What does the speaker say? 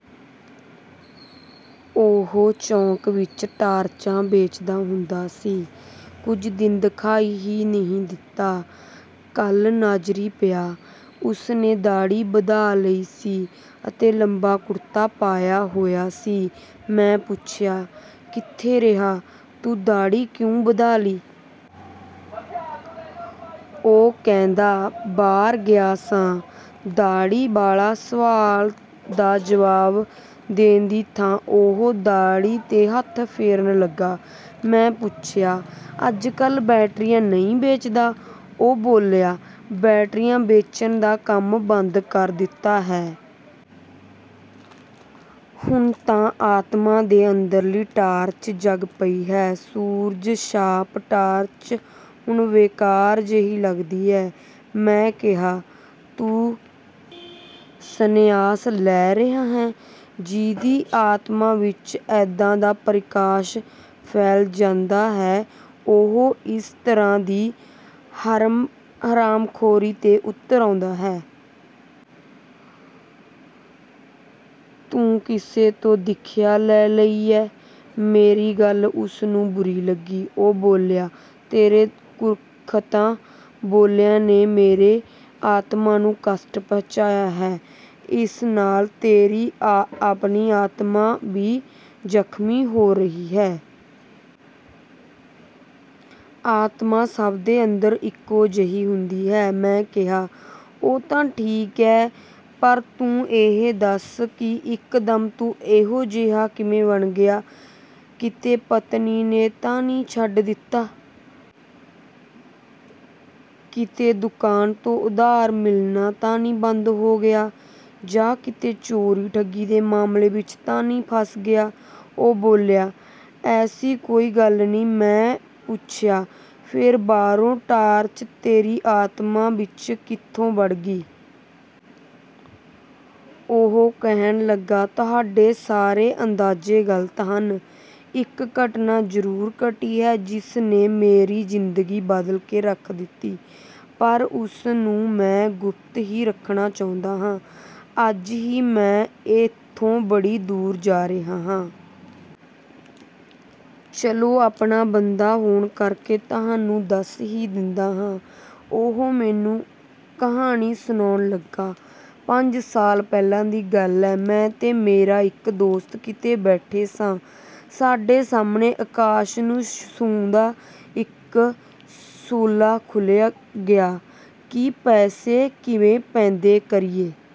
ਉਹ ਚੌਂਕ ਵਿੱਚ ਟਾਰਚਾਂ ਵੇਚਦਾ ਹੁੰਦਾ ਸੀ। ਕੁਝ ਦਿਨ ਦਿਖਾਈ ਹੀ ਨਹੀਂ ਦਿੱਤਾ। ਕੱਲ੍ਹ ਨਾਜ਼ਰੀਂ ਪਿਆ। ਉਸ ਨੇ ਦਾੜ੍ਹੀ ਵਧਾ ਲਈ ਸੀ ਅਤੇ ਲੰਬਾ ਕੁੜਤਾ ਪਾਇਆ ਹੋਇਆ ਸੀ। ਮੈਂ ਪੁੱਛਿਆ, "ਕਿੱਥੇ ਰਿਹਾ? ਤੂੰ ਦਾੜ੍ਹੀ ਕਿਉਂ ਵਧਾ ਲਈ?" ਉਹ ਕਹਿੰਦਾ, "ਬਾਹਰ ਗਿਆ ਸਾਂ।" ਦਾੜ੍ਹੀ ਵਾਲੇ ਸਵਾਲ ਦਾ ਜਵਾਬ ਦੇਣ ਦੀ ਥਾਂ ਉਹ ਦਾੜ੍ਹੀ 'ਤੇ ਹੱਥ ਫੇਰਨ ਲੱਗਾ। ਮੈਂ ਪੁੱਛਿਆ, "ਅੱਜਕੱਲ੍ਹ ਬੈਟਰੀਆਂ ਨਹੀਂ ਵੇਚਦਾ?" ਉਹ ਬੋਲਿਆ, "ਬੈਟਰੀਆਂ ਵੇਚਣ ਦਾ ਕੰਮ ਬੰਦ ਕਰ ਦਿੱਤਾ ਹੈ। ਹੁਣ ਤਾਂ ਆਤਮਾ ਦੇ ਅੰਦਰਲੀ ਟਾਰਚ ਜਗ ਪਈ ਹੈ। ਸੂਰਜ ਛਾਪ ਟਾਰਚ ਹੁਣ ਬੇਕਾਰ ਜੇਹੀ ਲੱਗਦੀ ਹੈ।" ਮੈਂ ਕਿਹਾ, "ਤੂੰ ਸੰਨਿਆਸ ਲੈ ਰਿਹੈਂ? ਜਿਹਦੀ ਆਤਮਾ ਵਿੱਚ ਐਦਾਂ ਦਾ ਪ੍ਰਕਾਸ਼ ਫੈਲ ਜਾਂਦਾ ਹੈ, ਉਹੀ ਇਸ ਤਰ੍ਹਾਂ ਦੀ ਹਰਾਮਖੋਰੀ 'ਤੇ ਉਤਰ ਆਉਂਦਾ ਹੈ। ਤੂੰ ਕਿਸੇ ਤੋਂ ਦੀਖਿਆ ਲੈ ਲਈ ਏ?" ਮੇਰੀ ਗੱਲ ਉਸ ਨੂੰ ਬੁਰੀ ਲੱਗੀ। ਉਹ ਬੋਲਿਆ, "ਤੇਰੇ ਕੁਰੱਖਤਾ ਬੋਲਾਂ ਨੇ ਮੇਰੀ ਆਤਮਾ ਨੂੰ ਕਸ਼ਟ ਪਹੁੰਚਾਇਆ ਹੈ। ਇਸ ਨਾਲ ਤੇਰੀ ਆਪਣੀ ਆਤਮਾ ਵੀ ਜ਼ਖਮੀ ਹੋ ਰਹੀ ਹੈ। ਆਤਮਾ ਸਭ ਦੇ ਅੰਦਰ ਇੱਕੋ ਜੇਹੀ ਹੁੰਦੀ ਹੈ।" ਮੈਂ ਕਿਹਾ, "ਉਹ ਤਾਂ ਠੀਕ ਹੈ, ਪਰ ਤੂੰ ਇਹ ਦੱਸ ਕਿ ਇਕਦਮ ਤੂੰ ਇਹੋ ਜਿਹਾ ਕਿਵੇਂ ਬਣ ਗਿਆ? ਕਿਤੇ ਪਤਨੀ ਨੇ ਤਾਂ ਨਹੀਂ ਛੱਡ ਦਿੱਤਾ? ਕਿਤੇ ਦੁਕਾਨ ਤੋਂ ਉਧਾਰ ਮਿਲਣਾ ਤਾਂ ਬੰਦ ਨਹੀਂ ਹੋ ਗਿਆ? ਜਾਂ ਕਿਤੇ ਚੋਰੀ ਠੱਗੀ ਦੇ ਮਾਮਲੇ ਵਿੱਚ ਤਾਂ ਨਹੀਂ ਫਸ ਗਿਆ?" ਉਹ ਬੋਲਿਆ, "ਐਸੀ ਕੋਈ ਗੱਲ ਨਹੀਂ।" ਮੈਂ ਪੁੱਛਿਆ, "ਫੇਰ ਬਾਹਰੋਂ ਟਾਰਚ ਤੇਰੀ ਆਤਮਾ ਵਿੱਚ ਕਿੱਥੋਂ ਵੜ ਗਈ?" ਉਹ ਕਹਿਣ ਲੱਗਾ, "ਤੁਹਾਡੇ ਸਾਰੇ ਅੰਦਾਜ਼ੇ ਗ਼ਲਤ ਹਨ। ਇਕ ਘਟਨਾ ਜ਼ਰੂਰ ਘਟੀ ਹੈ ਜਿਸ ਨੇ ਮੇਰੀ ਜ਼ਿੰਦਗੀ ਬਦਲ ਕੇ ਰੱਖ ਦਿੱਤੀ। ਪਰ ਉਸ ਨੂੰ ਮੈਂ ਗੁਪਤ ਹੀ ਰੱਖਣਾ ਚਾਹੁੰਦਾ ਹਾਂ। ਅੱਜ ਹੀ ਮੈਂ ਇੱਥੋਂ ਬੜੀ ਦੂਰ ਜਾ ਰਿਹਾ ਹਾਂ। ਚੱਲੋ ਆਪਣਾ ਬੰਦਾ ਹੋਣ ਕਰਕੇ ਤੁਹਾਨੂੰ ਦੱਸ ਹੀ ਦਿੰਦਾ ਹਾਂ।" ਉਹ ਮੈਨੂੰ ਕਹਾਣੀ ਸੁਣਾਉਣ ਲੱਗਾ। ਪੰਜ ਸਾਲ ਪਹਿਲਾਂ ਦੀ ਗੱਲ ਹੈ। ਮੈਂ ਤੇ ਮੇਰਾ ਇਕ ਦੋਸਤ ਕਿਤੇ ਬੈਠੇ ਸਾਂ। ਸਾਡੇ ਸਾਹਮਣੇ ਆਕਾਸ਼ ਨੂੰ ਛੂੰਹਦਾ ਇਕ ਸੋਲਾ ਖੁਲਿਆਂ ਗਿਆ ਕਿ "ਪੈਸਾ ਕਿਵੇਂ ਪੈਦਾ ਕਰੀਏ?"